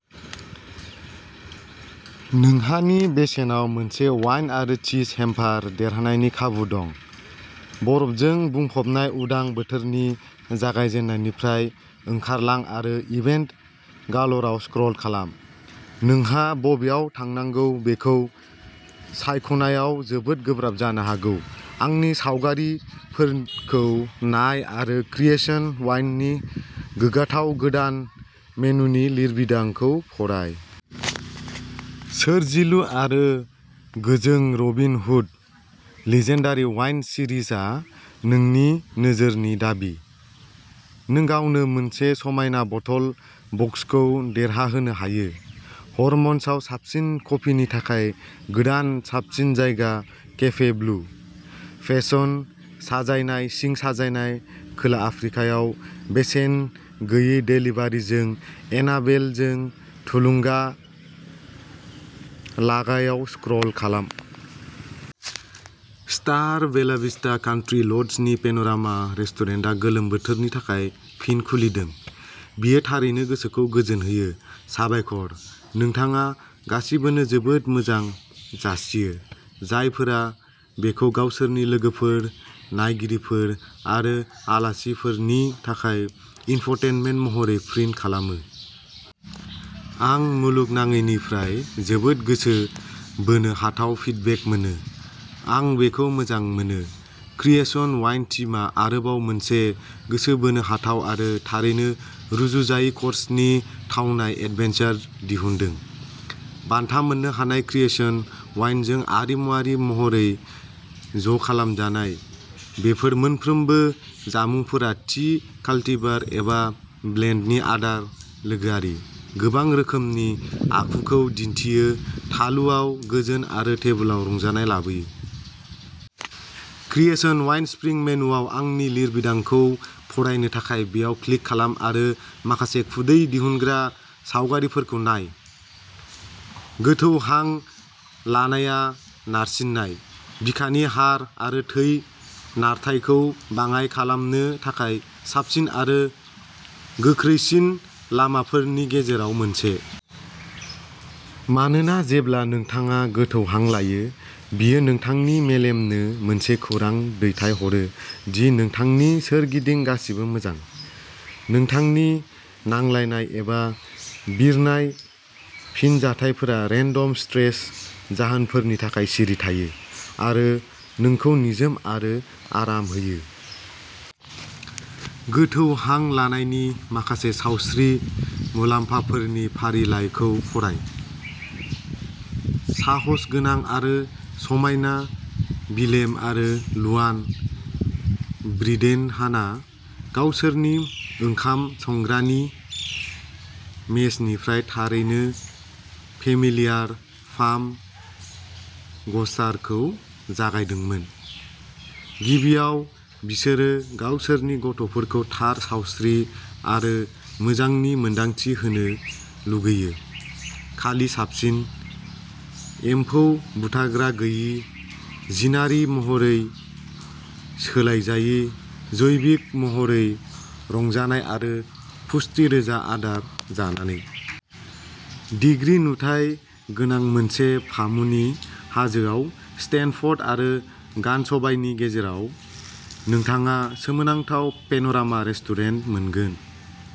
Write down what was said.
नोंहा नि बेसेनाव मोनसे वाइन आरो चिज हेम्पार देरहानायनि खाबु दं! बरफजों बुंफबनाय उदां बोथोरनि जागायजेन्नायनिफ्राय ओंखारलां आरो इभेन्ट गाल'रआव स्क्रल खालाम। नोंहा बबेयाव थांनांगौ बेखौ सायख'नायाव जोबोद गोब्राब जानो हागौ! आंनि सावगारिफोरखौ नाय आरो क्रिएशन वाइननि गोग्गाथाव गोदान मेनुनि लिरबिदांखौ फराय। सोरजिलु आरो गोजों रबिन हुड लिजेन्डारि वाइन सिरिजआ नोंनि नोजोरनि दाबि। नोंगावनो मोनसे समायना बथल बक्सखौ देरहाहोनो हायो। हर्मनसआव साबसिन कफिनि थाखाय गोदान साबसिन जायगा-केफे ब्लु। फेसन, साजायनाय, सिं साजायनाय, खोला आफ्रिकायाव बेसेन गैयै देलिभारिजों एनाबेलजों थुलुंगा लागाहायाव स्क्रल खालाम! स्टार बेलभिस्टा कान्ट्रि ल'जनि पेन'रामा रेस्टुरेन्टआ गोलोम बोथोरनि थाखाय फिन खुलिदों। बेयो थारैनो गोसोखौ गोजोन होयो। साबायखर। नोंथाङा गासिबोनो जोबोद मोजां जासियो, जायफोरा बेखौ गावसोरनि लोगोफोर, नायगिरिफोर आरो आलासिफोरनि थाखाय इनफ'टेनमेन्ट महरै प्रिन्ट खालामो! -आं मुलुगनाङैनिफ्राय जोबोद गोसो बोनो हाथाव फिडबेक मोनो! आं बेखौ मोजां मोनो! क्रिएशन्स वाइन टीमआ आरोबाव मोनसे गोसो बोनो हाथाव आरो थारैनो रुजुजायै -क'र्सनि थावनाय एडभेन्सार दिहुनदों। बान्था मोन्नो हानाय क्रिएशन वाइनजों आरिमुआरि महरै ज'खालामजानाय, बेफोर मोनफ्रोमबो जामुंफोरा थि कल्टिभार एबा ब्लेन्डनि आदार-लोगोआरि, गोबां रोखोमनि आखुखौ दिन्थियो-थालुआव गोजोन आरो टेबोलाव रंजानाय लाबोयो। क्रिएशन वाइन स्प्रिं मेनुआव आंनि लिरबिदांखौ फरायनो थाखाय बेयाव क्लिक खालाम आरो माखासे खुदै दिहुनग्रा सावगारिफोरखौ नाय। गोथौ हां लानायआ नारसिननाय, बिखानि हार आरो थै नारथायखौ बाङाइ खालामनो थाखाय साबसिन आरो गोख्रैसिन लामाफोरनि गेजेराव मोनसे। मानोना जेब्ला नोंथाङा गोथौ हां लायो, बेयो नोंथांनि मेलेमनो मोनसे खौरां दैथायहरो दि नोंथांनि सोरगिदिं गासिबो मोजां। नोंथांनि नांलायनाय एबा बिरनाय फिनजाथायफोरा रेन्डम स्ट्रेस जाहोनफोरनि थाखाय सिरि थायो। आरो नोंखौ निजोम आरो आराम होयो। गोथौ हां लानायनि माखासे सावस्रि मुलाम्फाफोरनि फारिलाइखौ फराय। साहसगोनां आरो समायना विलेम आरो लुआन ब्रिडेनहाना गावसोरनि ओंखाम संग्रानि मेजनिफ्राय थारैनो फेमिलियर फार्म ग्रसारखौ जागायदोंमोन। गिबियाव बिसोरो गावसोरनि गथ'फोरखौ थार सावस्रि आरो मोजांनि मोन्दांथि होनो लुगैयो, खालि साबसिन, एम्फौ बुथारग्रा-गैयै, जिनारि महरै सोलायजायै, जैबिक महरै रज'नाय आरो पुष्टि-रोजा आदार जानानै। दिग्रि नुथाय गोनां मोनसे फामुनि हाजोआव, स्टेनफ'र्ड आरो गानसबाइनि गेजेराव, नोंथाङा सोमोनांथाव पेन'रामा रेस्टुरेन्ट मोनगोन।